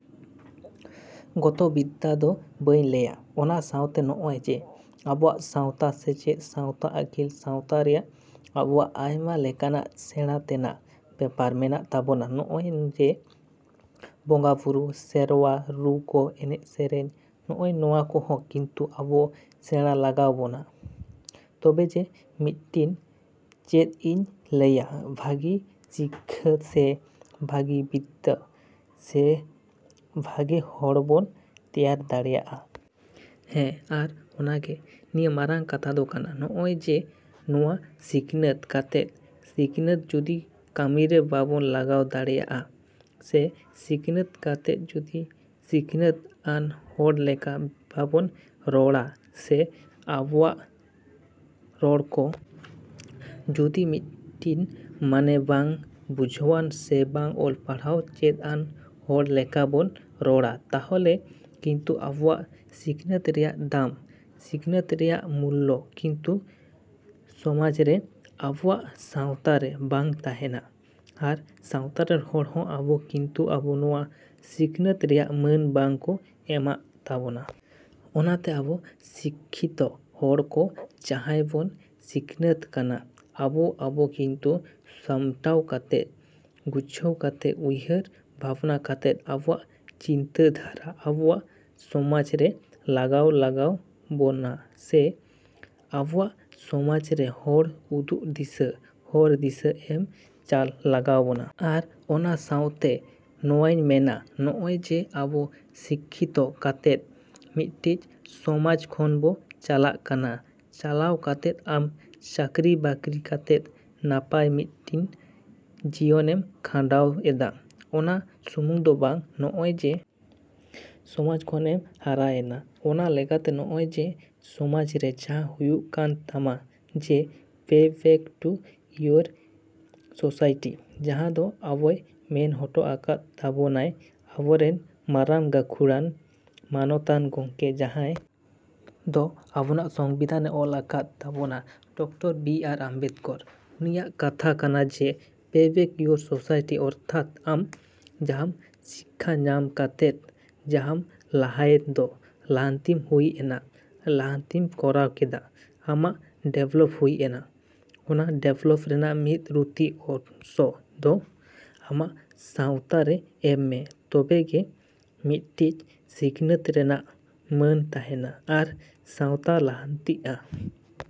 ᱜᱚᱛᱚ ᱵᱤᱫᱽᱫᱟ ᱫᱚ ᱵᱟᱹᱧ ᱞᱟᱹᱭᱟ, ᱚᱱᱟ ᱥᱟᱶᱛᱮ ᱱᱚᱜᱼᱚᱭ ᱡᱮ ᱟᱵᱚᱣᱟᱜ ᱥᱟᱶᱛᱟ ᱥᱮᱪᱮᱫ, ᱥᱟᱶᱛᱟ ᱟᱹᱠᱤᱞ, ᱥᱟᱶᱛᱟ ᱨᱮᱭᱟᱜ ᱟᱵᱚᱣᱟᱜ ᱟᱭᱢᱟ ᱞᱮᱠᱟᱱᱟᱜ ᱥᱮᱸᱬᱟ ᱛᱮᱱᱟᱜ ᱵᱮᱯᱟᱨ ᱢᱮᱱᱟᱜ ᱛᱟᱵᱚᱱᱟ᱾ ᱱᱚᱜᱼᱚᱭ ᱡᱮ ᱵᱚᱸᱜᱟᱼᱵᱩᱨᱩ, ᱥᱮᱨᱣᱟ, ᱨᱩ ᱠᱚ, ᱮᱱᱮᱡ ᱥᱮᱨᱮᱧ, ᱱᱚᱜᱼᱚ ᱱᱚᱣᱟ ᱠᱚᱦᱚᱸ ᱠᱤᱱᱛᱩ ᱟᱵᱚ ᱥᱮᱬᱟ ᱞᱟᱜᱟᱣ ᱵᱚᱱᱟ ᱛᱚᱵᱮ ᱡᱮ ᱢᱤᱫᱴᱤᱱ ᱪᱮᱫ ᱤᱧ ᱞᱟᱹᱭᱟ ᱵᱷᱟᱹᱜᱤ ᱥᱤᱠᱠᱷᱟᱹ ᱥᱮ ᱵᱷᱟᱹᱜᱤ ᱵᱤᱫᱽᱫᱟᱹ ᱥᱮᱵᱷᱟᱜᱮ ᱦᱚᱲᱵᱚᱱ ᱛᱮᱭᱟᱨ ᱫᱟᱲᱮᱭᱟᱜᱼᱟ᱾ ᱦᱮᱸ ᱟᱨ ᱚᱱᱟᱜᱮ ᱱᱤᱭᱟᱹ ᱢᱟᱨᱟᱝ ᱠᱟᱛᱷᱟ ᱫᱚ ᱠᱟᱱᱟ᱾ ᱱᱚᱜᱼᱚᱭ ᱡᱮ ᱱᱚᱣᱟ ᱥᱤᱠᱷᱱᱟᱹᱛ ᱠᱟᱛᱮᱫ ᱥᱤᱠᱷᱱᱟᱹᱛ ᱡᱩᱫᱤ ᱠᱟᱹᱢᱤᱨᱮ ᱵᱟᱵᱚᱱ ᱞᱟᱜᱟᱣ ᱫᱟᱲᱮᱭᱟᱜᱼᱟ ᱥᱮ ᱥᱤᱠᱷᱱᱟᱹᱛ ᱠᱟᱛᱮᱫ ᱡᱩᱫᱤ ᱥᱤᱠᱷᱱᱟᱹᱛ ᱟᱱ ᱦᱚᱲ ᱞᱮᱠᱟ ᱵᱟᱵᱚᱱ ᱨᱚᱲᱟ ᱥᱮ ᱟᱵᱚᱣᱟᱜ ᱨᱚᱲ ᱠᱚ ᱡᱩᱫᱤ ᱢᱤᱫᱴᱤᱱ ᱢᱟᱱᱮ ᱵᱟᱝ ᱵᱩᱡᱷᱟᱹᱣᱟᱱ ᱥᱮ ᱵᱟᱝ ᱚᱞ ᱯᱟᱲᱦᱟᱣ ᱪᱮᱫ ᱟᱱ ᱦᱚᱲ ᱞᱮᱠᱟ ᱵᱚᱱ ᱨᱚᱲᱟ, ᱛᱟᱦᱚᱞᱮ ᱠᱤᱱᱛᱩ ᱟᱵᱚᱣᱟᱜ ᱥᱤᱠᱷᱟᱹᱛ ᱨᱮᱭᱟᱜ ᱫᱟᱢ, ᱥᱤᱠᱱᱟᱹᱛ ᱨᱮᱭᱟᱜ ᱢᱩᱞᱞᱚ ᱠᱤᱱᱛᱩ ᱥᱚᱢᱟᱡᱽ ᱨᱮ, ᱟᱵᱚᱣᱟᱜ ᱥᱟᱶᱛᱟ ᱨᱮ ᱵᱟᱝ ᱛᱟᱦᱮᱱᱟ ᱟᱨ ᱥᱟᱶᱛᱟ ᱨᱮᱱ ᱦᱚᱲ ᱦᱚᱸ ᱟᱵᱚ ᱠᱤᱱᱛᱩ ᱟᱵᱚ ᱱᱚᱣᱟ ᱥᱤᱠᱷᱱᱟᱹᱛ ᱨᱮᱭᱟᱜ ᱢᱟᱹᱱ ᱵᱟᱝ ᱠᱚ ᱮᱢᱟᱜ ᱛᱟᱵᱚᱱᱟ᱾ ᱚᱱᱟᱛᱮ ᱟᱵᱚ ᱥᱤᱠᱠᱷᱤᱛᱚ ᱦᱚᱲ ᱠᱚ ᱡᱟᱦᱟᱭ ᱵᱚᱱ ᱥᱤᱠᱷᱱᱟᱹᱛ ᱠᱟᱱᱟ, ᱟᱵᱚ ᱟᱵᱚ ᱠᱤᱱᱛᱩ ᱥᱟᱢᱴᱟᱣ ᱠᱟᱛᱮ, ᱜᱩᱪᱷᱟᱹᱣ ᱠᱟᱛᱮ, ᱩᱭᱦᱟᱹᱨ ᱵᱷᱟᱵᱽᱱᱟ ᱠᱟᱛᱮᱫ ᱟᱵᱚᱣᱟᱜ ᱪᱤᱱᱛᱟᱹ ᱫᱷᱟᱨᱟ ᱟᱵᱚᱣᱟᱜ ᱥᱚᱢᱟᱡᱽ ᱨᱮ ᱞᱟᱜᱟᱣ ᱞᱟᱜᱟᱣ ᱵᱚᱱᱟ ᱥᱮ ᱟᱵᱚᱣᱟᱜ ᱥᱚᱢᱟᱡᱽ ᱨᱮ ᱦᱚᱲ ᱩᱫᱩᱜ ᱫᱤᱥᱟᱹ, ᱦᱚᱨ ᱫᱤᱥᱟᱹ ᱮᱢ ᱪᱟᱞ ᱞᱟᱜᱟᱣ ᱵᱚᱱᱟ᱾ ᱟᱨ ᱚᱱᱟ ᱥᱟᱶᱛᱮ ᱱᱚᱣᱟᱧ ᱢᱮᱱᱟ, ᱱᱚᱜᱼᱚᱭ ᱡᱮ ᱟᱵᱚ ᱥᱤᱠᱠᱷᱤᱛᱚ ᱠᱟᱛᱮᱫ ᱢᱤᱫᱴᱤᱡ ᱥᱚᱢᱟᱡᱽ ᱠᱷᱚᱱ ᱵᱚᱱ ᱪᱟᱞᱟᱜ ᱠᱟᱱᱟ, ᱪᱟᱞᱟᱣ ᱠᱟᱛᱮᱫ ᱟᱢ ᱪᱟᱹᱠᱨᱤ ᱵᱟᱹᱠᱨᱤ ᱠᱟᱛᱮᱫ ᱱᱟᱯᱟᱭ ᱢᱤᱫᱴᱤᱱ ᱡᱤᱭᱚᱱᱮᱢ ᱠᱷᱟᱸᱱᱰᱟᱣ ᱮᱫᱟ, ᱚᱱᱟ ᱥᱩᱢᱩᱝ ᱫᱚ ᱵᱟᱝ᱾ ᱱᱚᱜᱼᱚᱭ ᱡᱮ ᱥᱚᱢᱟᱡᱽ ᱠᱷᱚᱱ ᱮᱢ ᱦᱟᱨᱟᱭᱮᱱᱟ, ᱚᱱᱟ ᱞᱮᱠᱟᱛᱮ ᱱᱚᱜᱼᱚᱭ ᱡᱮ ᱥᱚᱢᱟᱡᱽ ᱨᱮ ᱡᱟᱦᱟᱸ ᱦᱩᱭᱩᱜ ᱠᱟᱱ ᱛᱟᱢᱟ ᱡᱮ ᱯᱮ ᱵᱮᱠ ᱴᱩ ᱤᱭᱳᱨ ᱥᱳᱥᱟᱭᱴᱤ ᱡᱟᱦᱟᱸ ᱫᱚ ᱟᱵᱚᱭ ᱢᱮᱱ ᱦᱚᱴᱚ ᱟᱠᱟᱫ ᱛᱟᱵᱚᱱᱟᱭ ᱟᱵᱚᱨᱮᱱ ᱢᱟᱨᱟᱝ ᱜᱟᱹᱠᱷᱩᱲᱟᱱ ᱢᱟᱱᱚᱛᱟᱱ ᱜᱚᱢᱠᱮ ᱡᱟᱦᱟᱸᱭ ᱫᱚ ᱟᱵᱚᱱᱟᱜ ᱥᱚᱝᱵᱤᱫᱷᱟᱱᱮ ᱚᱞ ᱟᱠᱟᱫ ᱛᱟᱵᱚᱱᱟ ᱰᱚᱠᱴᱚᱨ ᱵᱤ ᱟᱨ ᱟᱢᱵᱮᱫᱠᱚᱨ, ᱩᱱᱤᱭᱟᱜ ᱠᱟᱛᱷᱟ ᱠᱟᱱᱟ ᱡᱮ ᱯᱮ ᱵᱮᱠ ᱤᱭᱳᱨ ᱥᱳᱥᱟᱭᱤ ᱚᱨᱛᱷᱟᱛ ᱟᱢ ᱡᱟᱦᱟᱸᱢ ᱥᱤᱠᱠᱷᱟ ᱧᱟᱢ ᱠᱟᱛᱮᱫ ᱡᱟᱦᱟᱸᱢ ᱞᱟᱦᱟᱭᱮᱱ ᱫᱚ, ᱞᱟᱦᱟᱱᱛᱤᱢ ᱦᱩᱭ ᱮᱱᱟ, ᱞᱟᱦᱟᱱᱛᱤᱢ ᱠᱚᱨᱟᱣ ᱠᱮᱫᱟ, ᱟᱢᱟᱜ ᱰᱮᱵᱷᱞᱚᱯ ᱦᱩᱭ ᱮᱱᱟ, ᱚᱱᱟ ᱰᱮᱵᱷᱞᱚᱯ ᱨᱮᱱᱟᱜ ᱢᱤᱫ ᱨᱩᱛᱤ ᱚᱝᱥᱚ ᱦᱚᱸ ᱟᱢᱟᱜ ᱥᱟᱶᱛᱟ ᱨᱮ ᱮᱢ ᱢᱮ ᱛᱚᱵᱮᱜᱮ ᱢᱤᱫᱴᱤᱡ ᱥᱤᱠᱷᱱᱟᱹᱛ ᱨᱮᱭᱟᱜ ᱢᱟᱹᱱ ᱛᱟᱦᱮᱱᱟ ᱟᱨ ᱥᱟᱶᱛᱟ ᱞᱟᱦᱟᱱᱛᱤᱜᱼᱟ᱾